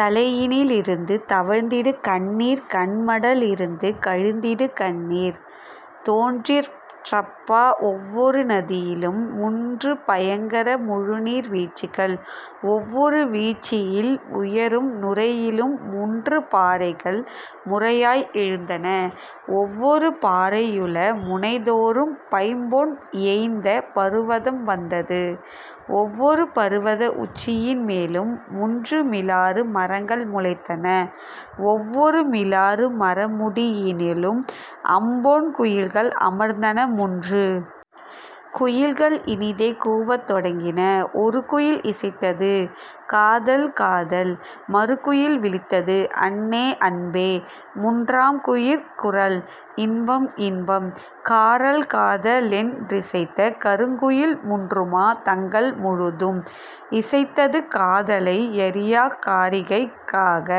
தலையினி லிருந்து தவழ்ந்திடு கண்ணீர் கண்மட லிருந்து கழிந்திடு கண்ணீர். தோன்றிற் றப்பா ஒவ்வொரு நதியிலும் முன்று பயங்கர முழுநீர் வீழ்ச்சிகள், ஒவ்வொரு வீழ்ச்சியில் உயரும் நுரையிலும் முன்று பாறைகள் முறையாய் எழுந்தன, ஒவ்வொரு பாறை யுளமுனை தோறும் பைம்பொன் இயைந்த பருவதம் வந்தது, ஒவ்வொரு பருவத உச்சியின் மேலும் முன்று மிலாறு மரங்கள் முளைத்தன, ஒவ்வொரு மிலாறு மரமுடி யினிலும் அம்பொன் குயில்கள் அமர்ந்தன முன்று. குயில்கள் இனிதே கூவத் தொடங்கின: ஒருகுயில் இசைத்தது:'காதல், காதல்! ' மறுகுயில் விளித்தது:'அன்னே, அன்பே! ' முன்றாம் குயிற்குரல்:'இன்பம், இன்பம்! ' 'காரல், காத' லென் றிசைத்த கருங்குயில் முன்றுமா தங்கள் முழுதும் இசைத்தது காதலை யறியாக் காரிகைக் காக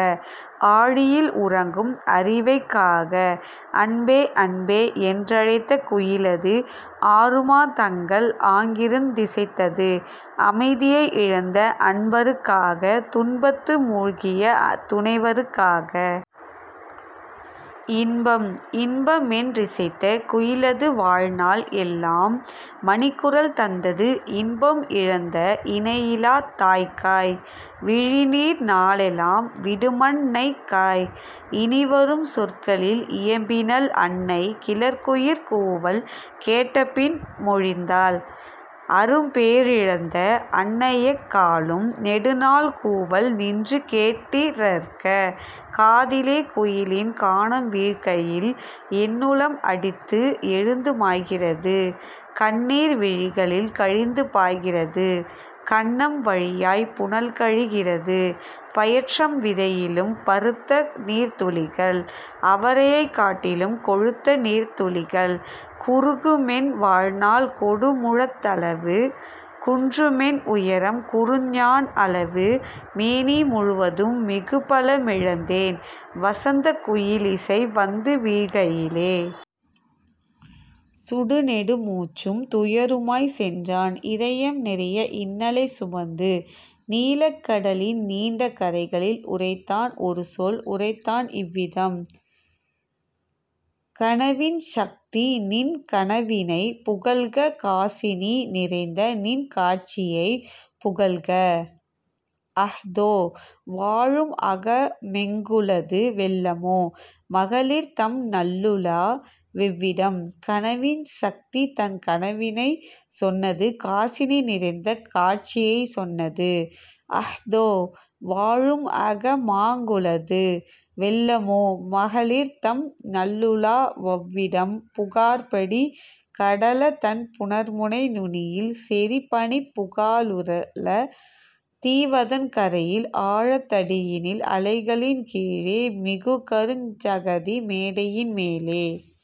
ஆழியில் உறங்கும் அரிவைக் காக. 'அன்பே, அன்பே'யென் றழைத்த குயிலது ஆறுமா தங்கள் ஆங்கிருந் திசைத்தது அமைதியை இழந்த அன்பருக் காக துன்பத்து முழ்கிய துணைவருக் காக. 'இன்பம், இன்ப'மென் றிசைத்த குயிலது வாழ்நாள் எல்லாம் மணிக்குரல் தந்தது இன்பம் இழந்த இணையிலாத் தாய்க்காய் விழிநீர் நாளெலாம் விடுமன் னைக்காய். இனிவரும் சொற்களில் இயம்பினள் அன்னை கிளர்குயிற் கூவல் கேட்டபின் மொழிந்தாள்: "அரும்பே றிழந்த அன்னையெக் காலும் நெடுநாள் கூவல் நின்றுகேட் டிடற்க காதிலே குயிலின் கானம் வீழ்கையில் என்னுளம் அடித்து எழுந்து மாய்கிறது கண்ணீர் விழிகளில் கழிந்துபாய் கிறது கன்னம் வழியாய்ப் புனல்கழி கிறது பயற்றம் விதையிலும் பருத்தநீர்த் துளிகள் அவரையைக் காட்டிலும் கொழுத்த நீர்த்துளிகள்; குறுகுமென் வாழ்நாள் கொடுமுழத் தளவு குன்றுமென் உயரம் குறுஞ்சாண் அளவு மேனி முழுவதும் மிகுபல மிழந்தேன் வசந்தக் குயிலிசை வந்துவீழ் கையிலே. சுடுநெடு மூச்சும் துயருமாய்ச் சென்றான் இதயம் நிறைய இன்னலைச் சுமந்து நீலக் கடலின் நீண்ட கரைகளில் உரைத்தான் ஒருசொல் உரைத்தான் இவ்விதம்: "கனவின் சக்திநின் கனவினைப் புகல்க காசினி நிறைந்தநின் காட்சியைப் புகல்க அஹ்தோ வாழும் அகமெங் குளது வெல்லமோ மகளிர்தம் நல்லுலா வெவ்விடம்? " கனவின் சக்திதன் கனவினைச் சொன்னது காசினி நிறைந்த காட்சியைச் சொன்னது: "அஹ்தோ வாழும் அகமாங் குளது வெல்லமோ மகளிர்தம் நல்லுலா ஒவ்விடம் புகார்படி கடலதன் புணர்முனை நுனியில் செறிபனிப் புகலுறல தீவதன் கரையில் ஆழத் தடியினில் அலைகளின் கீழே மிகுகருஞ் சகதி மேடையின் மேலே.